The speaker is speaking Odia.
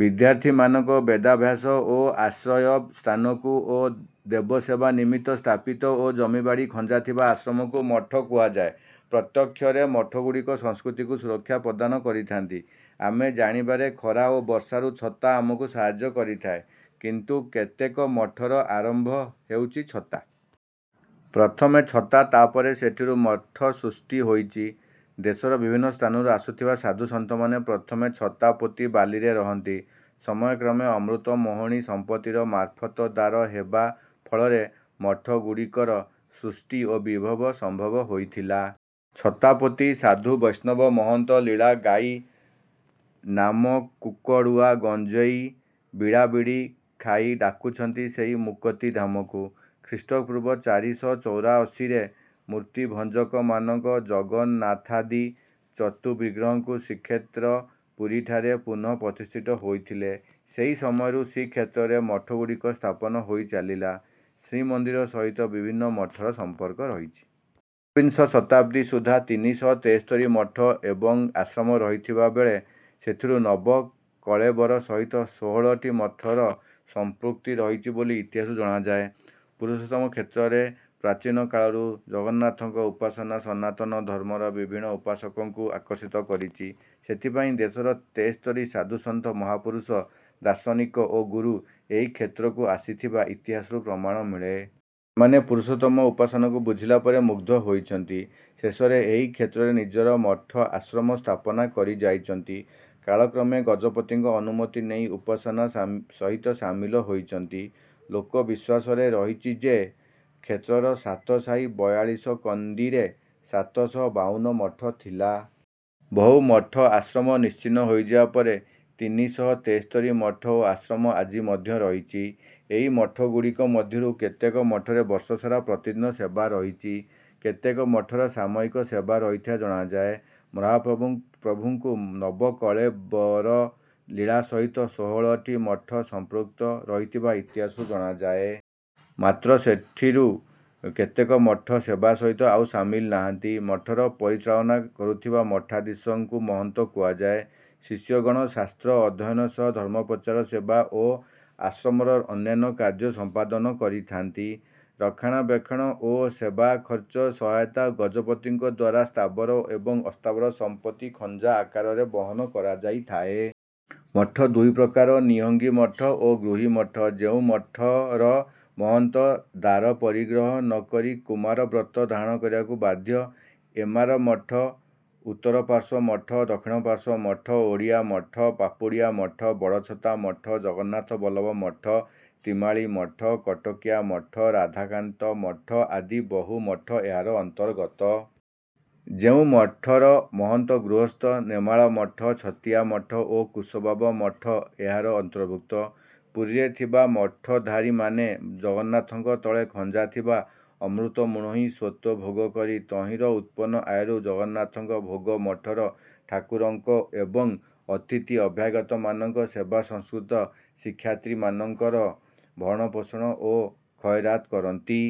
ବିଦ୍ୟାର୍ଥୀମାନଙ୍କ ବେଦାଭ୍ୟାସ ଓ ଆଶ୍ରୟ ସ୍ଥାନକୁ ଏବଂ ଦେବସେବା ନିମିତ୍ତ ସ୍ଥାପିତ ଓ ଜମି ବାଡ଼ି ଖଞ୍ଜାଥିବା ଆଶ୍ରମକୁ ମଠ କୁହାଯାଏ। ପ୍ରତ୍ୟକ୍ଷରେ ମଠଗୁଡ଼ିକ ସଂସ୍କୃତିକୁ ସୁରକ୍ଷା ପ୍ରଦାନ କରିଥାନ୍ତି। ଆମେ ଜାଣିବାରେ ଖରା ଓ ବର୍ଷାରୁ ଛତା ଆମକୁ ସାହାର୍ଯ୍ୟ କରିଥାଏ। କିନ୍ତୁ କେତେକ ମଠର ଆରମ୍ଭ ହେଉଛି ଛତା। ପ୍ରଥମେ ଛତା ତାପରେ ସେଥିରୁ ମଠ ସୃଷ୍ଟି ହୋଇଛି। ଦେଶର ବିଭିନ୍ନ ସ୍ଥାନରୁ ଆସୁଥିବା ସାଧୁ ସନ୍ଥମାନେ ପ୍ରଥମେ ଛତା ପୋତି ବାଲିରେ ରହନ୍ତି। ସମୟ କ୍ରମେ ଅମୃତ ମଣୋହି ସମ୍ପତ୍ତିର ମାର୍ଫତଦାର ହେବା ଫଳରେ ମଠ ଗୁଡିକର ସୃଷ୍ଟି ଓ ବିଭବ ସମ୍ଭବ ହୋଇଥିଲା। ଛତାପୋତି ସାଧୁ ବୈଷ୍ଣବ ମହନ୍ତ ଲୀଳା ଗାଇ ନାମକୁକଡୁଆ ଗଞ୍ଜଇ ବିଡାବିଡି ଖାଇଡାକୁଛନ୍ତି ସେଇ ମୁକତି ଧାମକୁ। ଖ୍ରୀଷ୍ଟପୂର୍ବ ଚାରି ଶହ ଚଉରାଅଶୀରେ ମୂର୍ତ୍ତିଭଞ୍ଜକମାନଙ୍କ ଜଗନ୍ନାଥାଦି ଚତୁଃବିଗ୍ରହଙ୍କୁ ଶ୍ରୀକ୍ଷେତ୍ର ପୁରୀଠାରେ ପୁନଃ ପ୍ରତିଷ୍ଠିତ ହୋଇଥିଲେ। ସେହି ସମୟରୁ ଶ୍ରୀକ୍ଷେତ୍ରରେ ମଠଗୁଡ଼ିକ ସ୍ଥାପନ ହୋଇଚାଲିଲା। ଶ୍ରୀମନ୍ଦିର ସହିତ ବିଭିନ୍ନ ମଠର ସମ୍ପର୍କ ରହିଛି। ଏକବିଂଶ ଶତାବ୍ଦୀ ସୁଦ୍ଧା ତିନି ଶହ ତେସ୍ତରୀ ମଠ ଏବଂ ଆଶ୍ରମ ରହିଥିବା ବେଳେ ସେଥିରୁ ନବକଳେବର ସହିତ ଷୋହଳଟି ମଠର ସମ୍ପୃକ୍ତି ରହିଛି ବୋଲି ଇତିହାସରୁ ଜଣାଯାଏ। ପୁରୁଷୋତ୍ତମ କ୍ଷେତ୍ରରେ ପ୍ରାଚୀନକାଳରୁ ଜଗନ୍ନାଥଙ୍କ ଉପାସନା ସନାତନ ଧର୍ମର ବିଭିନ୍ନ ଉପାସକଙ୍କୁ ଆକର୍ଷିତ କରିଛି। ସେଥିପାଇଁ ଦେଶର ତେସ୍ତରୀ ସାଧୁସନ୍ଥ ମହାପୁରୁଷ ଦାର୍ଶନିକ ଓ ଗୁରୁ ଏହି କ୍ଷେତ୍ରକୁ ଆସିଥିବା ଇତିହାସରୁ ପ୍ରମାଣ ମିଳେ। ଏମାନେ ପୁରୁଷୋତ୍ତମ ଉପାସନାକୁ ବୁଝିଲା ପରେ ମୁଗ୍ଧ ହୋଇଛନ୍ତି। ଶେଷରେ ଏହି କ୍ଷେତ୍ରରେ ନିଜର ମଠ ଆଶ୍ରମ ସ୍ଥାପନା କରିଯାଇଛନ୍ତି। କାଳକ୍ରମେ ଗଜପତିଙ୍କ ଅନୁମତି ନେଇ ଉପାସନା ସହିତ ସାମିଲ ହୋଇଛନ୍ତି। ଲୋକ ବିଶ୍ୱାସରେ ରହିଛି ଯେ କ୍ଷେତ୍ରର ସାତ ସାହି ବୟାଳିଶ କନ୍ଦିରେ ସାତ ଶହ ବାଉନ ମଠ ଥିଲା। ବହୁ ମଠ ଆଶ୍ରମ ନିଶ୍ଚିହ୍ନ ହୋଇଯିବା ପରେ ତିନି ଶହ ତେସ୍ତରୀ ମଠ ଓ ଆଶ୍ରମ ଆଜି ମଧ୍ୟ ରହିଛି। ଏହି ମଠଗୁଡ଼ିକ ମଧ୍ୟରୁ କେତେକ ମଠରେ ବର୍ଷସାରା ପ୍ରତିଦିନ ସେବା ରହିଛି। କେତେକ ମଠର ସାମୟିକ ସେବା ରହିଥିବା ଜଣାଯାଏ। ମହାପ୍ରଭୁଙ୍କୁ ନବକଳେବର ଲୀଳା ସହିତ ଷୋହଳଟି ମଠ ସମ୍ପୃକ୍ତ ରହିଥିବା ଇତିହାସରୁ ଜଣାଯାଏ। ମାତ୍ର ସେଥିରୁ କେତେକ ମଠ ସେବା ସହିତ ଆଉ ସାମିଲ ନାହାନ୍ତି। ମଠର ପରିଚାଳନା କରୁଥିବା ମଠାଧୀଶ ଙ୍କୁ ମହନ୍ତ କୁହାଯାଏ। ଶିଷ୍ୟଗଣ ଶାସ୍ତ୍ର ଅଧ୍ୟୟନ ସହ ଧର୍ମ ପ୍ରଚାର ସେବା ଏବଂ ଆଶ୍ରମର ଅନ୍ୟାନ୍ୟ କାର୍ଯ୍ୟ ସମ୍ପାଦନ କରିଥାନ୍ତି। ରକ୍ଷଣାବେକ୍ଷଣ ଏବଂ ସେବା ଖର୍ଚ୍ଚ ସହାୟତା ଗଜପତିଙ୍କଦ୍ୱାରା ସ୍ଥାବର ଏବଂ ଅସ୍ଥାବର ସମ୍ପତି ଖଞ୍ଜା ଆକାରରେ ବହନ କରାଯାଇଥାଏ। ମଠ ଦୁଇ ପ୍ରକାର ନିହଙ୍ଗି ମଠ ଓ ଗୃହୀ ମଠ ଯେଉଁ ମଠର ମହନ୍ତ ଦାରପରିଗ୍ରହ ନ କରି କୁମାର ବ୍ରତ ଧାରଣ କରିବାକୁ ବାଧ୍ୟ। ଏମାର ମଠ ଉତ୍ତରପାର୍ଶ୍ୱ ମଠ ଦକ୍ଷିଣପାର୍ଶ୍ୱ ମଠ ଓଡ଼ିଆ ମଠ ପାପୁଡ଼ିଆ ମଠ ବଡ଼ଛତା ମଠ ଜଗନ୍ନାଥ ବଲ୍ଲଭ ମଠ ତ୍ରିମାଳି ମଠ କଟକିଆ ମଠ ରାଧାକାନ୍ତ ମଠ ଆଦି ବହୁ ମଠ ଏହାର ଅନ୍ତର୍ଗତ। ଯେଉଁ ମଠର ମହନ୍ତ ଗୃହସ୍ଥ। ନେମାଳ ମଠ ଛତିଆ ମଠ ଓ କୁଶବାବା ମଠ ଏହାର ଅନ୍ତଭୁକ୍ତ। ପୁରୀରେ ଥିବା ମଠଧାରୀମାନେ ଜଗନ୍ନାଥଙ୍କ ତଳେ ଖଞ୍ଜାଥିବା ଅମୃତମୁଣୋହିଁ ସ୍ୱତ୍ୱ ଭୋଗ କରି ତହିଁର ଉତ୍ପନ୍ନ ଆୟରୁ ଜଗନ୍ନାଥଙ୍କ ଭୋଗ ମଠର ଠାକୁରଙ୍କ ଓ ଅତିଥି ଅଭ୍ୟାଗତମାନଙ୍କ ସେବା ସଂସ୍କୃତ ଶିକ୍ଷାର୍ଥୀମାନଙ୍କର ଭରଣପୋଷଣ ଓ ଖଏରାତ କରନ୍ତି।